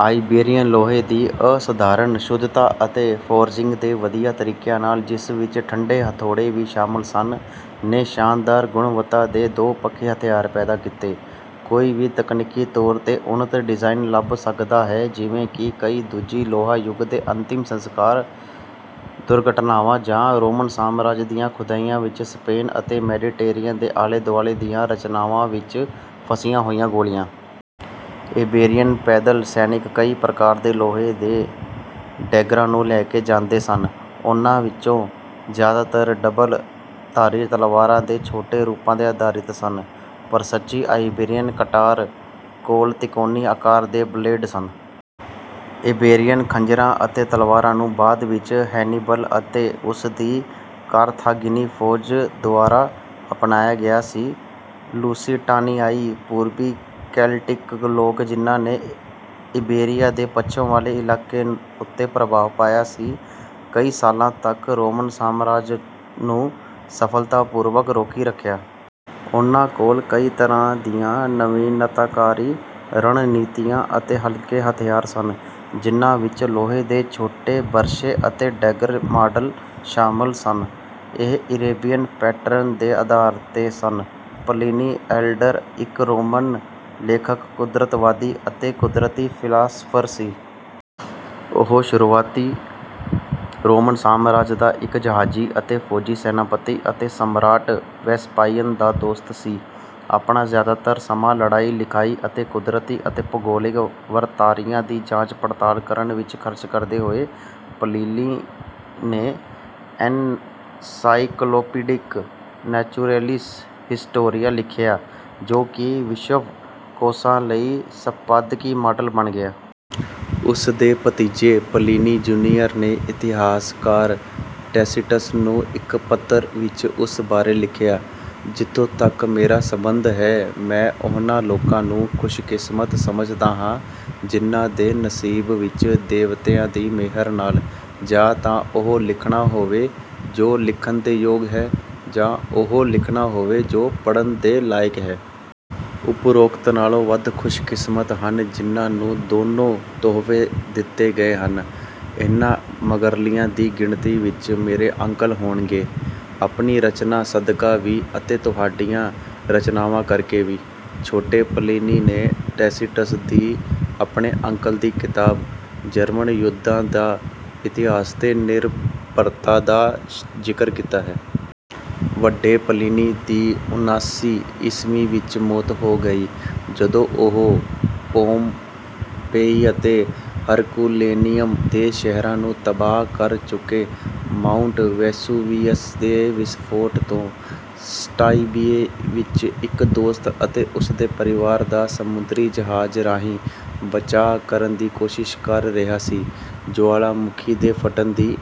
Iberian ਲੋਹੇ ਦੀ ਅਸਧਾਰਨ ਸ਼ੁੱਧਤਾ ਅਤੇ ਫੋਰਜਿੰਗ ਦੇ ਵਧੀਆ ਤਰੀਕਿਆਂ ਨਾਲ, ਜਿਸ ਵਿੱਚ ਠੰਡੇ ਹਥੌੜੇ ਵੀ ਸ਼ਾਮਲ ਸਨ, ਨੇ ਸ਼ਾਨਦਾਰ ਗੁਣਵੱਤਾ ਦੇ ਦੋ-ਪੱਖੀ ਹਥਿਆਰ ਪੈਦਾ ਕੀਤੇ। ਕੋਈ ਵੀ ਤਕਨੀਕੀ ਤੌਰ 'ਤੇ ਉੱਨਤ ਡਿਜ਼ਾਈਨ ਲੱਭ ਸਕਦਾ ਹੈ ਜਿਵੇਂ ਕਿ ਕਈ ਦੂਜੀ ਲੋਹਾ ਯੁੱਗ ਦੇ ਅੰਤਿਮ ਸੰਸਕਾਰ, ਦੁਰਘਟਨਾਵਾਂ ਜਾਂ ਰੋਮਨ ਸਾਮਰਾਜ ਦੀਆਂ ਖੁਦਾਈਆਂ ਵਿੱਚ ਸਪੇਨ ਅਤੇ ਮੈਡੀਟੇਰੀਅਨ ਦੇ ਆਲੇ-ਦੁਆਲੇ ਦੀਆਂ ਰਚਨਾਵਾਂ ਵਿੱਚ ਫਸੀਆਂ ਹੋਈਆਂ ਗੋਲੀਆਂ। ਇਬੇਰੀਅਨ ਪੈਦਲ ਸੈਨਿਕ ਕਈ ਪ੍ਰਕਾਰ ਦੇ ਲੋਹੇ ਦੇ ਡੈਗਰਾਂ ਨੂੰ ਲੈ ਕੇ ਜਾਂਦੇ ਸਨ। ਉਨ੍ਹਾਂ ਵਿੱਚੋਂ ਜ਼ਿਆਦਾਤਰ ਡਬਲ-ਧਾਰੀ ਤਲਵਾਰਾਂ ਦੇ ਛੋਟੇ ਰੂਪਾਂ 'ਤੇ ਆਧਾਰਿਤ ਸਨ, ਪਰ ਸੱਚੀ ਆਇਬੇਰੀਅਨ ਕਟਾਰ ਕੋਲ ਤਿਕੋਣੀ ਆਕਾਰ ਦੇ ਬਲੇਡ ਸਨ। ਇਬੇਰੀਅਨ ਖੰਜਰਾਂ ਅਤੇ ਤਲਵਾਰਾਂ ਨੂੰ ਬਾਅਦ ਵਿੱਚ ਹੈਨੀਬਲ ਅਤੇ ਉਸ ਦੀ ਕਾਰਥਾਗਿਨੀ ਫੌਜ ਦੁਆਰਾ ਅਪਣਾਇਆ ਗਿਆ ਸੀ। ਲੂਸੀਟਾਨੀਆਈ, ਪੂਰਬੀ ਕੈਲਟਿਕ ਲੋਕ ਜਿਨ੍ਹਾਂ ਨੇ ਇਬੇਰੀਆ ਦੇ ਪੱਛਮ ਵਾਲੇ ਇਲਾਕੇ ਉੱਤੇ ਪ੍ਰਭਾਵ ਪਾਇਆ ਸੀ, ਕਈ ਸਾਲਾਂ ਤੱਕ ਰੋਮਨ ਸਾਮਰਾਜ ਨੂੰ ਸਫਲਤਾਪੂਰਵਕ ਰੋਕੀ ਰੱਖਿਆ। ਉਨ੍ਹਾਂ ਕੋਲ ਕਈ ਤਰ੍ਹਾਂ ਦੀਆਂ ਨਵੀਨਤਾਕਾਰੀ ਰਣਨੀਤੀਆਂ ਅਤੇ ਹਲਕੇ ਹਥਿਆਰ ਸਨ, ਜਿਨ੍ਹਾਂ ਵਿੱਚ ਲੋਹੇ ਦੇ ਛੋਟੇ ਬਰਛੇ ਅਤੇ ਡੈਗਰ ਮਾਡਲ ਸ਼ਾਮਲ ਸਨ। ਇਹ ਇਬੇਰੀਅਨ ਪੈਟਰਨ ਦੇ ਆਧਾਰ 'ਤੇ ਸਨ। ਪਲੀਨੀ ਐਲਡਰ ਇੱਕ ਰੋਮਨ ਲੇਖਕ, ਕੁਦਰਤਵਾਦੀ ਅਤੇ ਕੁਦਰਤੀ ਫ਼ਿਲਾਸਫ਼ਰ ਸੀ। ਉਹ ਸ਼ੁਰੂਆਤੀ ਰੋਮਨ ਸਾਮਰਾਜ ਦਾ ਇੱਕ ਜਹਾਜ਼ੀ ਅਤੇ ਫੌਜੀ ਸੈਨਾਪਤੀ ਅਤੇ ਸਮਰਾਟ ਵੇਸਪਾਸੀਅਨ ਦਾ ਦੋਸਤ ਸੀ। ਆਪਣਾ ਜ਼ਿਆਦਾਤਰ ਸਮਾਂ ਪੜ੍ਹਾਈ, ਲਿਖਾਈ ਅਤੇ ਕੁਦਰਤੀ ਅਤੇ ਭੂਗੋਲਿਕ ਵਰਤਾਰਿਆਂ ਦੀ ਜਾਂਚ-ਪੜਤਾਲ ਕਰਨ ਵਿੱਚ ਖ਼ਰਚ ਕਰਦੇ ਹੋਏ, ਪਲੀਨੀ ਨੇ ਐਨਸਾਈਕਲੋਪੀਡਿਕ ਨੈਚੁਰੈਲਿਸ ਹਿਸਟੋਰੀਆ ਲਿਖਿਆ, ਜੋ ਕਿ ਵਿਸ਼ਵ ਕੋਸ਼ਾਂ ਲਈ ਸੰਪਾਦਕੀ ਮਾਡਲ ਬਣ ਗਿਆ। ਉਸ ਦੇ ਭਤੀਜੇ, ਪਲੀਨੀ ਜੂਨੀਅਰ ਨੇ ਇਤਿਹਾਸਕਾਰ ਟੈਸੀਟਸ ਨੂੰ ਇੱਕ ਪੱਤਰ ਵਿੱਚ ਉਸ ਬਾਰੇ ਲਿਖਿਆ: "ਜਿੱਥੋਂ ਤੱਕ ਮੇਰਾ ਸੰਬੰਧ ਹੈ, ਮੈਂ ਉਹਨਾਂ ਲੋਕਾਂ ਨੂੰ ਖੁਸ਼ਕਿਸਮਤ ਸਮਝਦਾ ਹਾਂ ਜਿਨ੍ਹਾਂ ਦੇ ਨਸੀਬ ਵਿੱਚ ਦੇਵਤਿਆਂ ਦੀ ਮਿਹਰ ਨਾਲ, ਜਾਂ ਤਾਂ ਉਹ ਲਿਖਣਾ ਹੋਵੇ ਜੋ ਲਿਖਣ ਦੇ ਯੋਗ ਹੈ, ਜਾਂ ਉਹ ਲਿਖਣਾ ਹੋਵੇ ਜੋ ਪੜ੍ਹਨ ਦੇ ਲਾਇਕ ਹੈ। ਉਪਰੋਕਤ ਨਾਲੋਂ ਵੱਧ ਖੁਸ਼ਕਿਸਮਤ ਹਨ ਜਿਨ੍ਹਾਂ ਨੂੰ ਦੋਨੋਂ ਤੋਹਫ਼ੇ ਦਿੱਤੇ ਗਏ ਹਨ। ਇਨ੍ਹਾਂ ਮਗਰਲਿਆਂ ਦੀ ਗਿਣਤੀ ਵਿੱਚ ਮੇਰੇ ਅੰਕਲ ਹੋਣਗੇ, ਆਪਣੀ ਰਚਨਾ ਸਦਕਾ ਵੀ ਅਤੇ ਤੁਹਾਡੀਆਂ ਰਚਨਾਵਾਂ ਕਰਕੇ ਵੀ।" ਛੋਟੇ ਪਲੀਨੀ ਨੇ ਟੈਸੀਟਸ ਦੀ ਆਪਣੇ ਅੰਕਲ ਦੀ ਕਿਤਾਬ, ਜਰਮਨ ਯੁੱਧਾਂ ਦਾ ਇਤਿਹਾਸ 'ਤੇ ਨਿਰਭਰਤਾ ਦਾ ਜ਼ਿਕਰ ਕੀਤਾ ਹੈ। ਵੱਡੇ ਪਲੀਨੀ ਦੀ ਉਨ੍ਹਾਂਸੀ ਈਸਵੀ ਵਿੱਚ ਮੌਤ ਹੋ ਗਈ, ਜਦੋਂ ਉਹ ਪੋਮਪੇਈ ਅਤੇ ਹਰਕੁਲੇਨੀਅਮ ਦੇ ਸ਼ਹਿਰਾਂ ਨੂੰ ਤਬਾਹ ਕਰ ਚੁੱਕੇ ਮਾਊਂਟ ਵੇਸੂਵੀਅਸ ਦੇ ਵਿਸਫੋਟ ਤੋਂ ਸਟਾਬੀਏ ਵਿੱਚ ਇੱਕ ਦੋਸਤ ਅਤੇ ਉਸ ਦੇ ਪਰਿਵਾਰ ਦਾ ਸਮੁੰਦਰੀ ਜਹਾਜ਼ ਰਾਹੀਂ ਬਚਾਅ ਕਰਨ ਦੀ ਕੋਸ਼ਿਸ਼ ਕਰ ਰਿਹਾ ਸੀ। ਜੁਆਲਾਮੁਖੀ ਦੇ ਫਟਣ ਦੀ